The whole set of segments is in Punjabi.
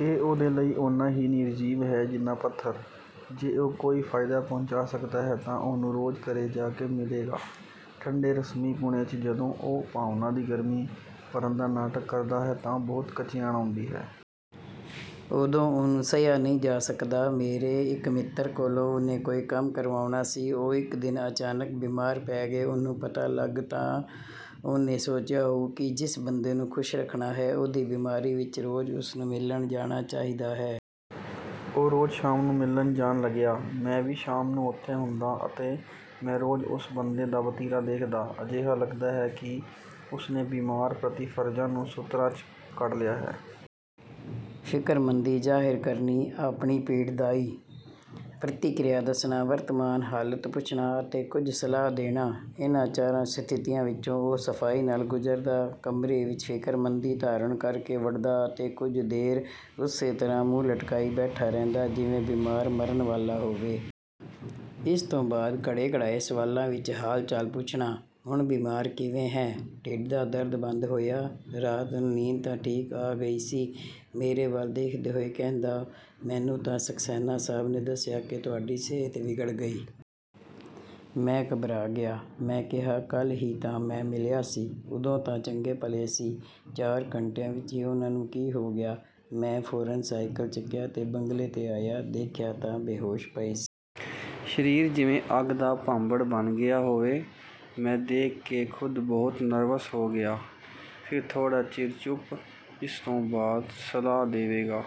ਇਹ ਉਹਦੇ ਲਈ ਓਨਾ ਹੀ ਨਿਰਜੀਵ ਹੈ ਜਿੰਨਾ ਪੱਥਰ। ਜੇ ਉਹ ਕੋਈ ਫਾਇਦਾ ਪਹੁੰਚਾ ਸਕਦਾ ਹੈ ਤਾਂ ਉਹਨੂੰ ਰੋਜ਼ ਘਰੇ ਜਾ ਕੇ ਮਿਲੇਗਾ। ਠੰਡੇ ਰਸਮੀਪੁਣੇ 'ਚ ਜਦੋਂ ਉਹ ਭਾਵਨਾ ਦੀ ਗਰਮੀ ਭਰਨ ਦਾ ਨਾਟਕ ਕਰਦਾ ਹੈ ਤਾਂ ਬਹੁਤ ਕਚਿਆਣ ਆਉਂਦੀ ਹੈ। ਉਦੋਂ ਉਹਨੂੰ ਸਹਿਆ ਨਹੀਂ ਜਾ ਸਕਦਾ। ਮੇਰੇ ਇੱਕ ਮਿੱਤਰ ਕੋਲੋਂ ਉਹਨੇ ਕੋਈ ਕੰਮ ਕਰਵਾਉਣਾ ਸੀ। ਉਹ ਇੱਕ ਦਿਨ ਅਚਾਨਕ ਬਿਮਾਰ ਪੈ ਗਏ। ਉਹਨੂੰ ਪਤਾ ਲੱਗ ਤਾਂ ਉਹਨੇ ਸੋਚਿਆ ਹੋਊ ਕਿ ਜਿਸ ਬੰਦੇ ਨੂੰ ਖੁਸ਼ ਰੱਖਣਾ ਹੈ, ਉਹਦੀ ਬਿਮਾਰੀ ਵਿੱਚ ਰੋਜ਼ ਉਸਨੂੰ ਮਿਲਣ ਜਾਣਾ ਚਾਹੀਦਾ ਹੈ। ਉਹ ਰੋਜ਼ ਸ਼ਾਮ ਨੂੰ ਮਿਲਣ ਜਾਣ ਲੱਗਿਆ। ਮੈਂ ਵੀ ਸ਼ਾਮ ਨੂੰ ਉੱਥੇ ਹੁੰਦਾ ਅਤੇ ਮੈਂ ਰੋਜ਼ ਉਸ ਬੰਦੇ ਦਾ ਵਤੀਰਾ ਦੇਖਦਾ। ਅਜਿਹਾ ਲਗਦਾ ਹੈ ਕਿ ਉਸਨੇ ਬਿਮਾਰ ਪ੍ਰਤੀ ਫਰਜ਼ਾਂ ਨੂੰ ਸੂਤਰਾਂ 'ਚ ਘੜ ਲਿਆ ਹੈ। ਫਿਕਰਮੰਦੀ ਜ਼ਾਹਿਰ ਕਰਨੀ, ਆਪਣੀ ਪੀੜਦਾਈ ਪ੍ਰਤੀਕਿਰਿਆ ਦੱਸਣਾ, ਵਰਤਮਾਨ ਹਾਲਤ ਪੁੱਛਣਾ ਅਤੇ ਕੁਝ ਸਲਾਹ ਦੇਣਾ। ਇਹਨਾਂ ਚਾਰਾਂ ਸਥਿਤੀਆਂ ਵਿੱਚੋਂ ਉਹ ਸਫਾਈ ਨਾਲ ਗੁਜ਼ਰਦਾ। ਕਮਰੇ ਵਿੱਚ ਫਿਕਰਮੰਦੀ ਧਾਰਨ ਕਰਕੇ ਵੜਦਾ ਅਤੇ ਕੁਝ ਦੇਰ ਉਸੇ ਤਰ੍ਹਾਂ ਮੂੰਹ ਲਟਕਾਈ ਬੈਠਾ ਰਹਿੰਦਾ, ਜਿਵੇਂ ਬਿਮਾਰ ਮਰਨ ਵਾਲਾ ਹੋਵੇ। ਇਸਤੋਂ ਬਾਅਦ ਘੜੇ-ਘੜਾਏ ਸਵਾਲਾਂ ਵਿੱਚ ਹਾਲਚਾਲ ਪੁੱਛਣਾ। "ਹੁਣ ਬੁਖਾਰ ਕਿਵੇਂ ਹੈ? ਢਿੱਡ ਦਾ ਦਰਦ ਬੰਦ ਹੋਇਆ? ਰਾਤ ਨੂੰ ਨੀਂਦ ਤਾਂ ਠੀਕ ਆ ਗਈ ਸੀ?" ਮੇਰੇ ਵੱਲ ਦੇਖਦੇ ਹੋਏ ਕਹਿੰਦਾ, "ਮੈਨੂੰ ਤਾਂ ਸਕਸੈਨਾ ਸਾਹਬ ਨੇ ਦੱਸਿਆ ਕਿ ਤੁਹਾਡੀ ਸਿਹਤ ਵਿਗੜ ਗਈ। ਮੈਂ ਘਬਰਾ ਗਿਆ। ਮੈਂ ਕਿਹਾ, ਕੱਲ ਹੀ ਤਾਂ ਮੈਂ ਮਿਲਿਆ ਸੀ, ਉਦੋਂ ਤਾਂ ਚੰਗੇ-ਭਲੇ ਸੀ। ਚਾਰ ਘੰਟਿਆਂ ਵਿੱਚ ਹੀ ਉਹਨਾਂ ਕੀ ਹੋ ਗਿਆ? ਮੈਂ ਫੌਰਨ ਸਾਇਕਲ ਚੱਕਿਆ ਤੇ ਬੰਗਲੇ 'ਤੇ ਆਇਆ। ਦੇਖਿਆ ਤਾਂ ਬੇਹੋਸ਼ ਪਏ ਸੀ। ਸਰੀਰ ਜਿਵੇਂ ਅੱਗ ਦਾ ਭਾਂਬੜ ਬਣ ਗਿਆ ਹੋਵੇ। ਮੈਂ ਦੇਖ ਕੇ ਖੁਦ ਬਹੁਤ ਨਰਵਸ ਹੋ ਗਿਆ।" ਫਿਰ ਥੋੜਾ ਚਿਰ ਚੁੱਪ। ਇਸਤੋਂ ਬਾਅਦ ਸਲਾਹ ਦੇਵੇਗਾ,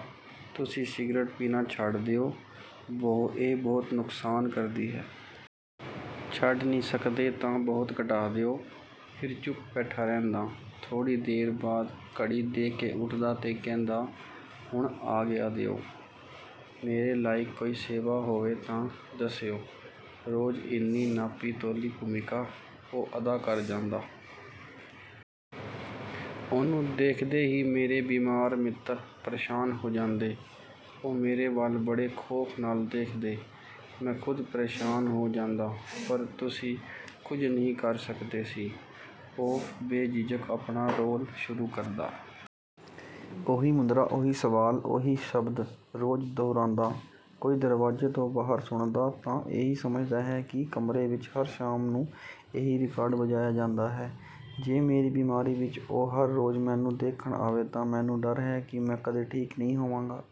"ਤੁਸੀਂ ਸਿਗਰਟ ਪੀਣਾ ਛੱਡ ਦਿਓ। ਇਹ ਬਹੁਤ ਨੁਕਸਾਨ ਕਰਦੀ ਹੈ। ਛੱਡ ਨਹੀਂ ਸਕਦੇ ਤਾਂ ਬਹੁਤ ਘਟਾ ਦਿਓ।" ਫਿਰ ਚੁੱਪ ਬੈਠਾ ਰਹਿੰਦਾ। ਥੋੜੀ ਦੇਰ ਬਾਅਦ ਘੜੀ ਦੇਖ ਕੇ ਉੱਠਦਾ ਤੇ ਕਹਿੰਦਾ, "ਹੁਣ ਆਗਿਆ ਦਿਓ, ਮੇਰੇ ਲਾਇਕ ਕੋਈ ਸੇਵਾ ਹੋਵੇ ਤਾਂ ਦੱਸਿਓ।" ਰੋਜ਼ ਇੰਨੀ ਨਾਪੀ-ਤੋਲੀ ਭੂਮਿਕਾ ਉਹ ਅਦਾ ਕਰ ਜਾਂਦਾ। ਉਹਨੂੰ ਦੇਖਦੇ ਹੀ ਮੇਰੇ ਬਿਮਾਰ ਮਿੱਤਰ ਪ੍ਰੇਸ਼ਾਨ ਹੋ ਜਾਂਦੇ। ਉਹ ਮੇਰੇ ਵੱਲ ਬੜੇ ਖੌਫ ਨਾਲ ਦੇਖਦੇ। ਮੈਂ ਖੁਦ ਪ੍ਰੇਸ਼ਾਨ ਹੋ ਜਾਂਦਾ, ਪਰ ਅਸੀਂ ਕੁਝ ਕਰ ਨਹੀਂ ਸਕਦੇ ਸੀ। ਉਹ ਬੇਝਿਜਕ ਆਪਣਾ ਰੋਲ ਸ਼ੁਰੂ ਕਰਦਾ। ਉਹੀ ਮੁਦਰਾ, ਉਹੀ ਸਵਾਲ, ਉਹੀ ਸ਼ਬਦ ਰੋਜ਼ ਦੁਹਰਾਉਂਦਾ। ਕੋਈ ਦਰਵਾਜ਼ੇ ਤੋਂ ਬਾਹਰੋਂ ਸੁਣਦਾ, ਤਾਂ ਇਹੀ ਸਮਝਦਾ ਕਿ ਇਸ ਕਮਰੇ ਵਿੱਚ ਹਰ ਸ਼ਾਮ ਨੂੰ ਇਹੀ ਰਿਕਾਰਡ ਵਜਾਇਆ ਜਾਂਦਾ ਹੈ। ਜੇ ਮੇਰੀ ਬਿਮਾਰੀ ਵਿੱਚ ਉਹ ਹਰ ਰੋਜ਼ ਮੈਨੂੰ ਦੇਖਣ ਆਵੇ ਤਾਂ ਮੈਨੂੰ ਡਰ ਹੈ ਕਿ ਮੈਂ ਕਦੇ ਠੀਕ ਨਹੀਂ ਹੋਵਾਂਗਾ।